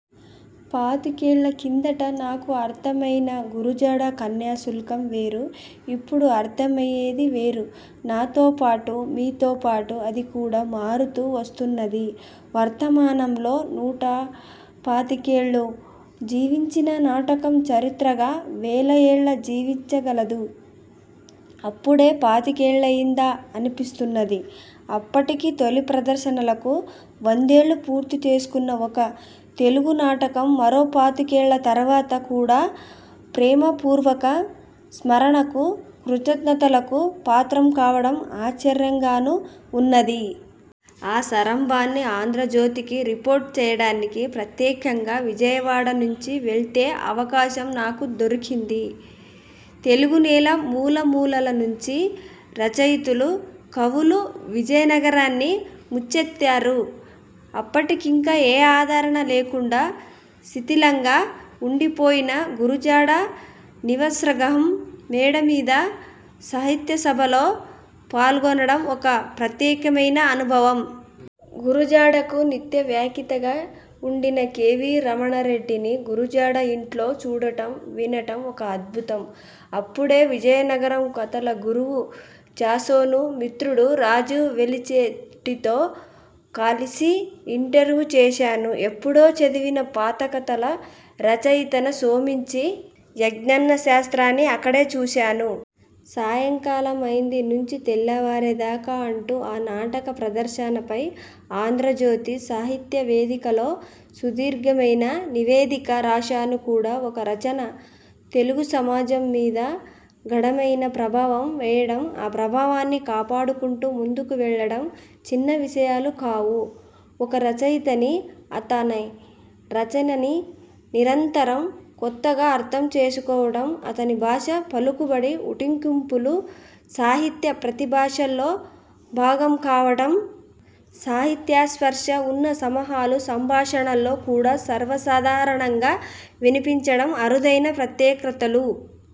పాతికేళ్ల కిందట నాకు అర్థమయిన గురజాడ కన్యాశుల్కం వేరు. ఇప్పుడు అర్థమయ్యేది వేరు. నాతో పాటు, మీతోపాటు అది కూడా మారుతూ వస్తున్నది. వర్తమానంలో నూటపాతికేళ్లు జీవించిన నాటకం, చరిత్రగా వేల ఏళ్లు జీవించగలదు. అప్పుడే పాతికేళ్లయిందా అనిపిస్తున్నది. అప్పటికి తొలి ప్రదర్శనల కు వందేళ్లు పూర్తిచేసుకున్న ఒక తెలుగునాటకం మరో పాతికేళ్ల తరువాత కూడా ప్రేమపూర్వక స్మరణకు, కృతజ్ఞతలకు పాత్రం కావడం ఆశ్చర్యం గానూ ఉన్నది. ఆ సరంభాన్ని ఆంధ్రజ్యోతికి రిపోర్టు చేయడానికి ప్రత్యేకంగా విజయవాడ నుంచి వెళ్తే అవకాశం నాకు దొరికింది. తెలుగునేల మూలమూలల నుంచి రచయితలు, కవులు విజయనగరాన్ని ముంచెత్తారు. అప్పటికింకా ఏ ఆదరణా లేకుండా శిథిలంగా ఉండిపోయిన గురజాడ నివసగ్రహ మేడ మీద సాహిత్యసభల్లో పాల్గొనడం ఒక ప్రత్యేకమైన అనుభవం. గురజాడకు నిత్యవ్యాక్యేత ఉండిన కె. వి. రమణారెడ్డిని గురజాడ ఇంట్లో చూడడం, వినడం ఒక అద్భుతం. అప్పుడే, విజయనగరం కథల గురువు చాసోను మిత్రుడు రాజీవ్ వెలిచేటితో కలిసి ఇంటర్వ్యూ చేశాను. ఎప్పుడో చదివిన పాతకథల రచయిత సోమించి యజ్ఞన్నశాస్త్రాన్ని అక్కడే చూశాను. 'సాయంకాలమైంది నుంచి తెల్లావారేదాకా' అంటూ, ఆ నాటక ప్రదర్శనపై ఆంధ్రజ్యోతి సాహిత్యవేదికలో సుదీర్ఘమైన నివేదిక రాశాను కూడా. ఒక రచన తెలుగుసమాజం మీద గఢమైన ప్రభావం వేయడం, ఆ ప్రభావాన్ని కాపాడుకుంటూ ముందుకు వెళ్లడం చిన్న విషయాలు కావు. ఒక రచయితనీ, అతని రచననీ నిరంతరం కొత్తగా అర్థం చేసుకోవడం, అతని భాష, పలుకుబడి, ఉటంకింపులు సాహిత్య, ప్రతి భాషల్లో భాగం కావడం, సాహిత్యస్పర్శ ఉన్న సనుహాల్లో సంభాషణల్లో కూడా సర్వసాధా రణంగా వినిపించడం- అరుదైన ప్రత్యేక్రతలు.